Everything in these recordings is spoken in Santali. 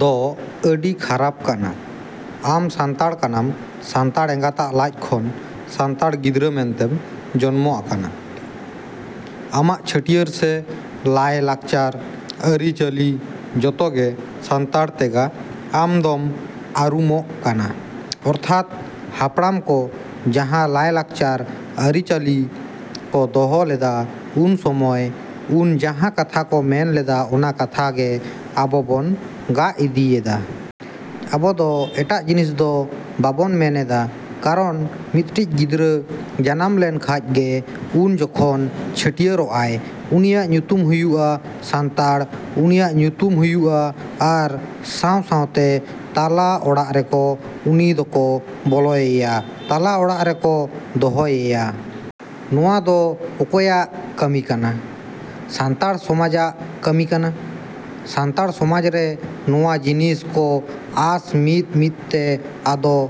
‎ᱫᱚ ᱟᱹᱰᱤ ᱠᱷᱟᱨᱟᱯ ᱠᱟᱱᱟ᱾ ᱟᱢ ᱥᱟᱱᱛᱟᱲ ᱠᱟᱱᱟᱢ, ᱥᱟᱱᱛᱟᱲ ᱮᱸᱜᱟᱛᱟᱜ ᱞᱟᱡ ᱠᱷᱚᱱ ᱥᱟᱱᱛᱟᱲ ᱜᱤᱫᱽᱨᱟᱹ ᱢᱮᱱᱛᱮᱢ ᱡᱚᱱᱢᱚ ᱟᱠᱟᱱᱟ᱾ ᱟᱢᱟᱜ ᱪᱷᱟᱹᱴᱭᱟᱹᱨ ᱥᱮ ᱞᱟᱭ ᱞᱟᱠᱪᱟᱨ, ᱟᱹᱨᱤ ᱪᱟᱹᱞᱤ ᱡᱚᱛᱚ ᱜᱮ ᱥᱟᱱᱛᱟᱲ ᱛᱮᱜᱟ ᱟᱢ ᱫᱚᱢ ᱟᱨᱩᱢᱚᱜ ᱠᱟᱱᱟ᱾ ᱚᱨᱛᱷᱟᱛ ᱦᱟᱯᱲᱟᱢ ᱠᱚ ᱡᱟᱦᱟᱸ ᱞᱟᱭ ᱞᱟᱠᱪᱟᱨ, ᱟᱹᱨᱤ ᱪᱟᱹᱞᱤ ᱠᱚ ᱫᱚᱦᱚ ᱞᱮᱫᱟ ᱩᱱ ᱥᱚᱢᱚᱭ ᱩᱱᱠᱩ ᱡᱟᱦᱟᱸ ᱠᱟᱛᱷᱟ ᱠᱚ ᱢᱮᱱ ᱞᱮᱫᱟ ᱚᱱᱟ ᱠᱟᱛᱷᱟ ᱜᱮ ᱟᱵᱚ ᱵᱚᱱ ᱜᱟᱜ ᱤᱫᱤᱭ ᱮᱫᱟ᱾ ᱟᱵᱚᱫᱚ ᱮᱴᱟᱜ ᱡᱤᱱᱤᱥ ᱫᱚ ᱵᱟᱵᱚᱱ ᱢᱮᱱᱮᱫᱟ᱾ ᱠᱟᱨᱚᱱ ᱢᱤᱫᱴᱤᱡ ᱜᱤᱫᱽᱨᱟᱹ ᱡᱟᱱᱟᱢ ᱞᱮᱱ ᱠᱷᱟᱡ ᱜᱮ ᱩᱱ ᱡᱚᱠᱷᱚᱱ ᱪᱷᱟᱹᱴᱭᱟᱹᱨᱚᱜᱼᱟᱭ ᱩᱱᱤᱭᱟᱜ ᱧᱩᱛᱩᱢ ᱦᱩᱭᱩᱜᱼᱟ ᱥᱟᱱᱛᱟᱲ, ᱩᱱᱤᱭᱟᱜ ᱧᱩᱛᱩᱢ ᱦᱩᱭᱩᱜᱼᱟ ᱟᱨ ᱥᱟᱶᱼᱥᱟᱶᱛᱮ ᱛᱟᱞᱟ ᱚᱲᱟᱜ ᱨᱮᱠᱚ ᱩᱱᱤ ᱫᱚᱠᱚ ᱵᱚᱞᱚᱭᱮᱭᱟ, ᱛᱟᱞᱟ ᱚᱲᱟᱜ ᱨᱮᱠᱚ ᱫᱚᱦᱚᱭᱮᱭᱟ᱾ ᱱᱚᱣᱟ ᱫᱚ ᱚᱠᱚᱭᱟᱜ ᱠᱟᱹᱢᱤ ᱠᱟᱱᱟ? ᱥᱟᱱᱛᱟᱲ ᱥᱚᱢᱟᱡᱟᱜ ᱠᱟᱹᱢᱤ ᱠᱟᱱᱟ᱾ ᱥᱟᱱᱛᱟᱲ ᱥᱚᱢᱟᱡᱽ ᱨᱮ ᱱᱚᱣᱟ ᱡᱤᱱᱤᱥ ᱠᱚ ᱟᱥ ᱢᱤᱫᱼᱢᱤᱫᱛᱮ ᱟᱫᱚ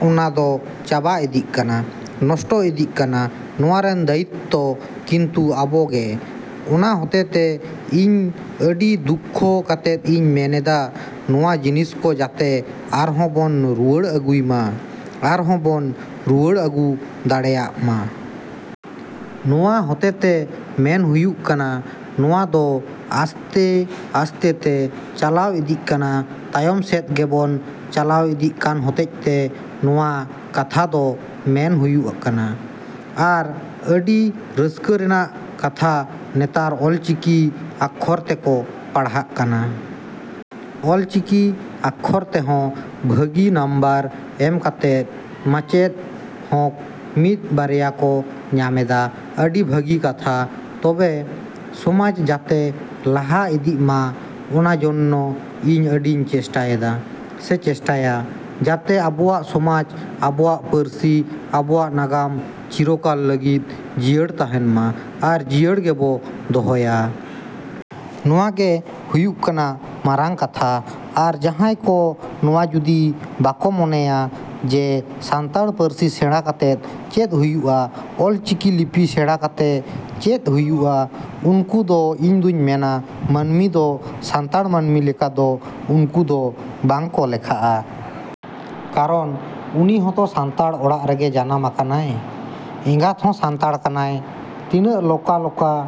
ᱚᱱᱟ ᱫᱚ ᱪᱟᱵᱟ ᱤᱫᱤᱜ ᱠᱟᱱᱟ, ᱱᱚᱥᱴᱚ ᱤᱫᱤᱜ ᱠᱟᱱᱟ᱾ ᱱᱚᱣᱟ ᱨᱮᱱ ᱫᱟᱹᱭᱤᱛᱛᱚ ᱠᱤᱱᱛᱩ ᱟᱵᱚ ᱜᱮ᱾ ᱚᱱᱟ ᱦᱚᱛᱮᱛᱮ ᱤᱧ ᱟᱹᱰᱤ ᱫᱩᱠᱠᱷᱚ ᱠᱟᱛᱮᱫ ᱤᱧ ᱢᱮᱱᱮᱫᱟ ᱱᱚᱣᱟ ᱡᱤᱱᱤᱥ ᱠᱚ ᱡᱟᱛᱮ ᱟᱨᱦᱚᱸ ᱵᱚᱱ ᱨᱩᱣᱟᱹᱲ ᱟᱹᱜᱩᱭ ᱢᱟ, ᱟᱨᱦᱚᱸ ᱵᱚᱱ ᱨᱩᱣᱟᱹᱲ ᱟᱹᱜᱩ ᱫᱟᱲᱮᱭᱟᱜ ᱢᱟ᱾ ᱱᱚᱣᱟ ᱦᱚᱛᱮᱛᱮ ᱢᱮᱱ ᱦᱩᱭᱩᱜ ᱠᱟᱱᱟ ᱱᱚᱣᱟ ᱫᱚ ᱟᱥᱛᱮᱼᱟᱥᱛᱮᱛᱮ ᱪᱟᱞᱟᱣ ᱤᱫᱤᱜ ᱠᱟᱱᱟ᱾ ᱛᱟᱭᱚᱢ ᱥᱮᱫ ᱜᱮᱵᱚᱱ ᱪᱟᱞᱟᱣ ᱤᱫᱤᱜ ᱠᱟᱱ ᱦᱚᱛᱮᱡᱛᱮ ᱱᱚᱣᱟ ᱠᱟᱛᱷᱟ ᱫᱚ ᱢᱮᱱ ᱦᱩᱭᱩᱜ ᱠᱟᱱᱟ᱾ ᱟᱨ ᱟᱹᱰᱤ ᱨᱟᱹᱥᱠᱟᱹ ᱨᱮᱱᱟᱜ ᱠᱟᱛᱷᱟ ᱱᱮᱛᱟᱨ ᱚᱞ ᱪᱤᱠᱤ ᱟᱠᱷᱚᱨ ᱛᱮᱠᱚ ᱯᱟᱲᱦᱟᱜ ᱠᱟᱱᱟ᱾ ᱚᱞ ᱪᱤᱠᱤ ᱟᱠᱷᱚᱨ ᱛᱮᱦᱚᱸ ᱵᱷᱟᱹᱜᱤ ᱱᱟᱢᱵᱟᱨ ᱮᱢ ᱠᱟᱛᱮ ᱢᱟᱪᱮᱫ ᱦᱚᱸ ᱢᱤᱫ ᱵᱟᱨᱭᱟ ᱠᱚ ᱧᱟᱢᱮᱫᱟ᱾ ᱟᱹᱰᱤ ᱵᱷᱟᱹᱜᱤ ᱠᱟᱛᱷᱟ᱾ ᱛᱚᱵᱮ ᱥᱚᱢᱟᱡᱽ ᱡᱟᱛᱮ ᱞᱟᱦᱟ ᱤᱫᱤᱜ ᱢᱟ ᱚᱱᱟ ᱡᱚᱱᱱᱚ ᱤᱧ ᱟᱹᱰᱤᱧ ᱪᱮᱥᱴᱟᱭᱮᱫᱟ ᱥᱮ ᱪᱮᱥᱴᱟᱭᱟ ᱡᱟᱛᱮ ᱟᱵᱚᱣᱟᱜ ᱥᱚᱢᱟᱡᱽ, ᱟᱵᱚᱣᱟᱜ ᱯᱟᱹᱨᱥᱤ, ᱟᱵᱚᱣᱟᱜ ᱱᱟᱜᱟᱢ ᱪᱤᱨᱚᱠᱟᱞ ᱞᱟᱹᱜᱤᱫ ᱡᱤᱭᱟᱹᱲ ᱛᱟᱦᱮᱱ ᱢᱟ ᱟᱨ ᱡᱤᱭᱟᱹᱲ ᱜᱮᱵᱚ ᱫᱚᱦᱚᱭᱟ᱾ ᱱᱚᱣᱟ ᱜᱮ ᱦᱩᱭᱩᱜ ᱠᱟᱱᱟ ᱢᱟᱨᱟᱝ ᱠᱟᱛᱷᱟ᱾ ᱟᱨ ᱡᱟᱦᱟᱸᱭ ᱱᱚᱣᱟ ᱠᱚ ᱡᱩᱫᱤ ᱵᱟᱠᱚ ᱢᱚᱱᱮᱭᱟ ᱡᱮ ᱥᱟᱱᱛᱟᱲ ᱯᱟᱹᱨᱥᱤ ᱥᱮᱬᱟ ᱠᱟᱛᱮᱫ ᱪᱮᱫ ᱦᱩᱭᱩᱜᱼᱟ, ᱚᱞ ᱪᱤᱠᱤ ᱞᱤᱯᱤ ᱥᱮᱬᱟ ᱠᱟᱛᱮ ᱪᱮᱫ ᱦᱩᱭᱩᱜᱼᱟ, ᱩᱱᱠᱩ ᱫᱚ ᱤᱧᱫᱩᱧ ᱢᱮᱱᱟ ᱢᱟᱹᱱᱢᱤ ᱫᱚ ᱥᱟᱱᱛᱟᱲ ᱢᱟᱹᱱᱢᱤ ᱞᱮᱠᱟ ᱫᱚ ᱩᱱᱠᱩ ᱫᱚ ᱵᱟᱝ ᱠᱚ ᱞᱮᱠᱷᱟᱜᱼᱟ᱾ ᱠᱟᱨᱚᱱ ᱩᱱᱤ ᱦᱚᱛᱚ ᱥᱟᱱᱛᱟᱲ ᱚᱲᱟᱜ ᱨᱮᱜᱮ ᱡᱟᱱᱟᱢ ᱟᱠᱟᱱᱟᱭ᱾ ᱮᱸᱜᱟᱛ ᱦᱚᱸ ᱥᱟᱱᱛᱟᱲ ᱠᱟᱱᱟᱭ, ᱛᱤᱱᱟᱹᱜ ᱞᱚᱠᱟᱼᱞᱚᱠᱟ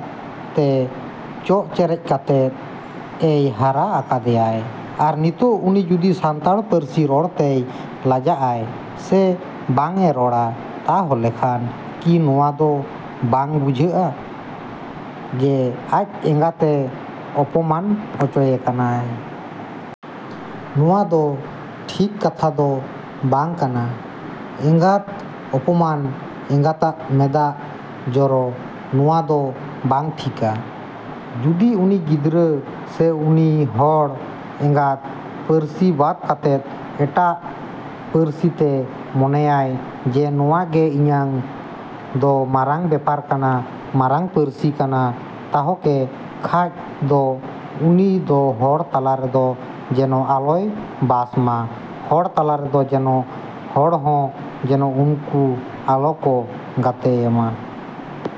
ᱛᱮ ᱪᱚᱜ ᱪᱮᱨᱮᱡ ᱠᱟᱛᱮᱫ ᱮᱭ ᱦᱟᱨᱟ ᱟᱠᱟᱫᱮᱭᱟᱭ᱾ ᱟᱨ ᱱᱤᱛᱚᱜ ᱩᱱᱤ ᱡᱩᱫᱤ ᱥᱟᱱᱛᱟᱲ ᱯᱟᱹᱨᱥᱤ ᱨᱚᱲ ᱛᱮᱭ ᱞᱟᱡᱟᱜᱼᱟᱭ ᱥᱮ ᱵᱟᱝᱼᱮ ᱨᱚᱲᱟ ᱛᱟᱦᱚᱞᱮ ᱠᱷᱟᱱ ᱠᱤ ᱱᱚᱣᱟ ᱫᱚ ᱵᱟᱝ ᱵᱩᱡᱷᱩᱜᱚᱜᱼᱟ ᱡᱮ ᱟᱡ ᱮᱸᱜᱟᱛᱮ ᱚᱯᱚᱢᱟᱱ ᱚᱪᱚᱭᱮ ᱠᱟᱱᱟᱭ? ᱱᱚᱣᱟ ᱫᱚ ᱴᱷᱤᱠ ᱠᱟᱛᱷᱟ ᱫᱚ ᱵᱟᱝ ᱠᱟᱱᱟ᱾ ᱮᱸᱜᱟᱛ ᱚᱯᱚᱢᱟᱱ, ᱮᱸᱜᱟᱛᱟᱜ ᱢᱮᱫᱟᱜ ᱡᱚᱨᱚ ᱱᱚᱣᱟ ᱫᱚ ᱵᱟᱝ ᱴᱷᱤᱠᱟ᱾ ᱡᱩᱫᱤ ᱩᱱᱤ ᱜᱤᱫᱽᱨᱟᱹ ᱥᱮ ᱩᱱᱤ ᱦᱚᱲ ᱮᱸᱜᱟᱛ ᱯᱟᱹᱨᱥᱤ ᱵᱟᱫ ᱠᱟᱛᱮᱫ ᱮᱴᱟᱜ ᱯᱟᱹᱨᱥᱤ ᱛᱮ ᱢᱚᱱᱮᱭᱟᱭ ᱡᱮ ᱱᱚᱣᱟ ᱜᱮ ᱤᱧᱟᱹᱝ ᱫᱚ ᱢᱟᱨᱟᱝ ᱵᱮᱯᱟᱨ ᱠᱟᱱᱟ, ᱢᱟᱨᱟᱝ ᱯᱟᱹᱨᱥᱤ ᱠᱟᱱᱟ ᱛᱟᱦᱚᱠᱮ ᱠᱷᱟᱡ ᱫᱚ ᱩᱱᱤ ᱫᱚ ᱦᱚᱲ ᱛᱟᱞᱟ ᱨᱮᱫᱚ ᱡᱮᱱᱚ ᱟᱞᱚᱭ ᱵᱟᱥ ᱢᱟ, ᱦᱚᱲ ᱛᱟᱞᱟ ᱨᱮᱫᱚ ᱡᱮᱱᱚ ᱦᱚᱲ ᱦᱚᱸ ᱡᱮᱱᱚ ᱩᱱᱠᱩ ᱟᱞᱚᱠᱚ ᱜᱟᱛᱮᱭᱮᱢᱟ᱾।